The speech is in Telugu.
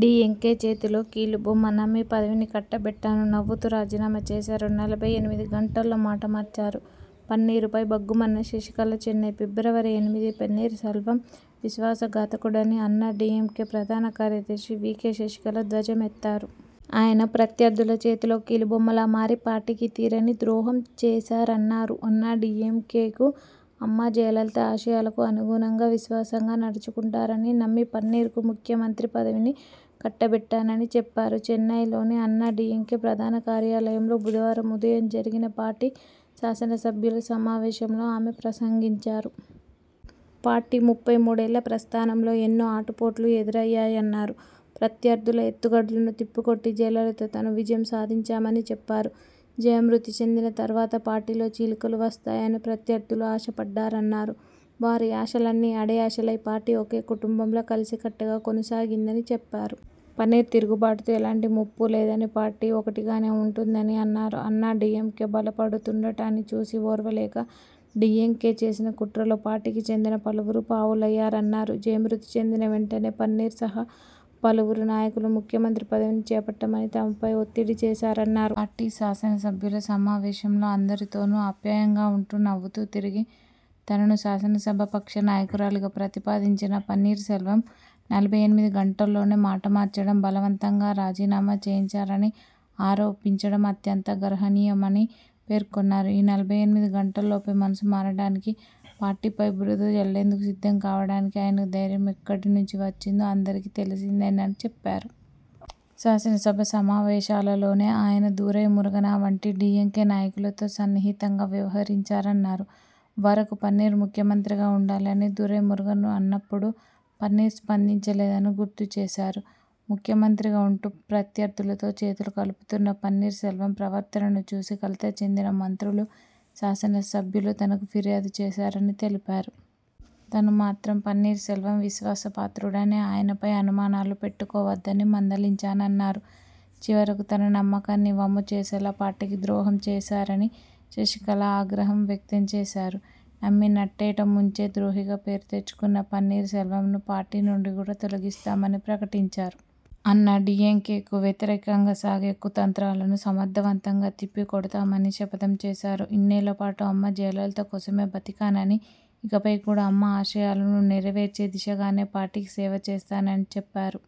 డీఎంకే చేతిలో కీలుబొమ్మ నమ్మి పదవిని కట్టబెట్టాను నవ్వుతూ రాజీనామా చేశారు నలభై ఎనిమిది గంటల్లో మాట మార్చారు పన్నీరు పై భగ్గుమన్న శశికళ చెన్నై, ఫిబ్రవరి ఎనిమిది పన్నీర్ సెల్వం విశ్వాస ఘాతకుడని అన్నా డీఎంకే ప్రధాన కార్యదర్శి వీ కే శశికళ ధ్వజమెత్తారు. ఆయన ప్రత్యర్థుల చేతిలో కీలుబొమ్మలా మారి పార్టీకి తీరని ద్రోహం చేశారన్నారు. అన్నాడీఎంకేకు, అమ్మ జయలలిత ఆశయాలకు అనుగుణంగా, విశ్వాసంగా నడచుకుంటారని నమ్మి పన్నీర్ కు ముఖ్యమంత్రి పదవిని కట్టబెట్టానని చెప్పారు. చెన్నైలోని అన్నాడీఎంకే ప్రధాన కార్యాలయంలో బుధవారం ఉదయం జరిగిన పార్టీ శాసనసభ్యుల సమావేశంలో ఆమె ప్రసంగించారు. పార్టీ ముప్పై మూడు ఏళ్ల ప్రస్థానంలో ఎన్నో ఆటుపోట్లు ఎదురయ్యాయన్నారు. ప్రత్యర్థుల ఎత్తుగడలను తిప్పికొట్టి జయలలిత, తాను విజయం సాధించామని చెప్పారు. జయ మృతి చెందిన తర్వాత పార్టీలో చీలికలు వస్తాయని ప్రత్యర్థులు ఆశ పడ్డారన్నారు. వారి ఆశలన్నీ అడియాసలై పార్టీ ఒకే కుటుంబంలా కలసికట్టుగా కొనసాగిందని చెప్పారు. పన్నీర్ తిరుగుబాటుతో ఎలాంటి ముప్పూ లేదని, పార్టీ ఒక్కటిగానే ఉంటుందని అన్నారు. అన్నాడీఎంకే బలపడుతుండటాన్ని చూసి ఓర్వలేక డీఎంకే చేసిన కుట్రల్లో పార్టీకి చెందిన పలువురు పావులయ్యారన్నారు. జయ మృతి చెందిన వెంటనే పన్నీర్ సహా పలువురు నాయకులు ముఖ్యమంత్రి పదవిని చేపట్టమని తనపై ఒత్తిడి చేశారన్నారు. పార్టీ శాసన సభ్యుల సమావేశంలో అందరి తోనూ ఆప్యాయంగా ఉంటూ నవ్వుతూ తిరిగి, తనను శాసనసభా పక్ష నాయకురాలిగా ప్రతిపాదించిన పన్నీర్ సెల్వం నలభై ఎనిమిది గంటలలోనే మాట మార్చడం, బలవంతంగా రాజీనామా చేయించారని ఆరోపించటం అత్యంత గర్హనీయమని పేర్కొన్నారు. ఈ నలభై ఎనిమిది గంటలలోపే మనసు మారటానికి, పార్టీపై బురద జల్లేందుకు సిద్ధం కావటానికి ఆయనకు ధైర్యం ఎక్కడి నుంచి వచ్చిందో అందరికీ తెలిసిందేనని చెప్పారు. శాసనసభ సమావేశాలలోనే ఆయన దురై మురుగన వంటి డీఎంకే నాయకులతో సన్నిహితంగా వ్యవహించారన్నారు. వరకు పన్నీర్ ముఖ్యమంత్రిగా ఉండాలని దురైమురుగన్ అన్నపుడు పన్నీర్ స్పందించలేదని గుర్తు చేశారు. ముఖ్యమంత్రిగా ఉంటూ ప్రత్యర్థులతో చేతులు కలుపుతున్న పన్నీర్ సెల్వం ప్రవర్తనను చూసి కలత చెందిన మంత్రులు, శాసన సభ్యులు తనకు ఫిర్యాదు చేశారని తెలిపారు. తాను మాత్రం పన్నీర్ సెల్వం విశ్వాపాత్రుడని ఆయనపై అనుమానాలు పెట్టుకోవద్దని మందలించానన్నారు. చివరకు తన నమ్మకాన్ని వమ్ము చేసేలా పార్టీకి ద్రోహం చేశారని శశికళ ఆగ్రహం వ్యక్తం చేశారు. నమ్మి నట్టేట ముంచే ద్రోహిగా పేరు తెచ్చుకున్న పన్నీర్ సెల్వంను పార్టీ నుండి కూడా తొలగిస్తామని ప్రకటించారు. అన్నాడీఎంకేకు వ్యతిరేకంగా సాగే కుతంత్రాలను సమర్థవంతంగా తిప్పి కొడతామని శపథం చేశారు. ఇన్నేళ్ల పాటు అమ్మ జయలలిత కోసమే బతికానని, ఇకపై కూడా అమ్మ ఆశయాలను నెరవేర్చే దిశగానే పార్టీకి సేవ చేస్తానని చెప్పారు.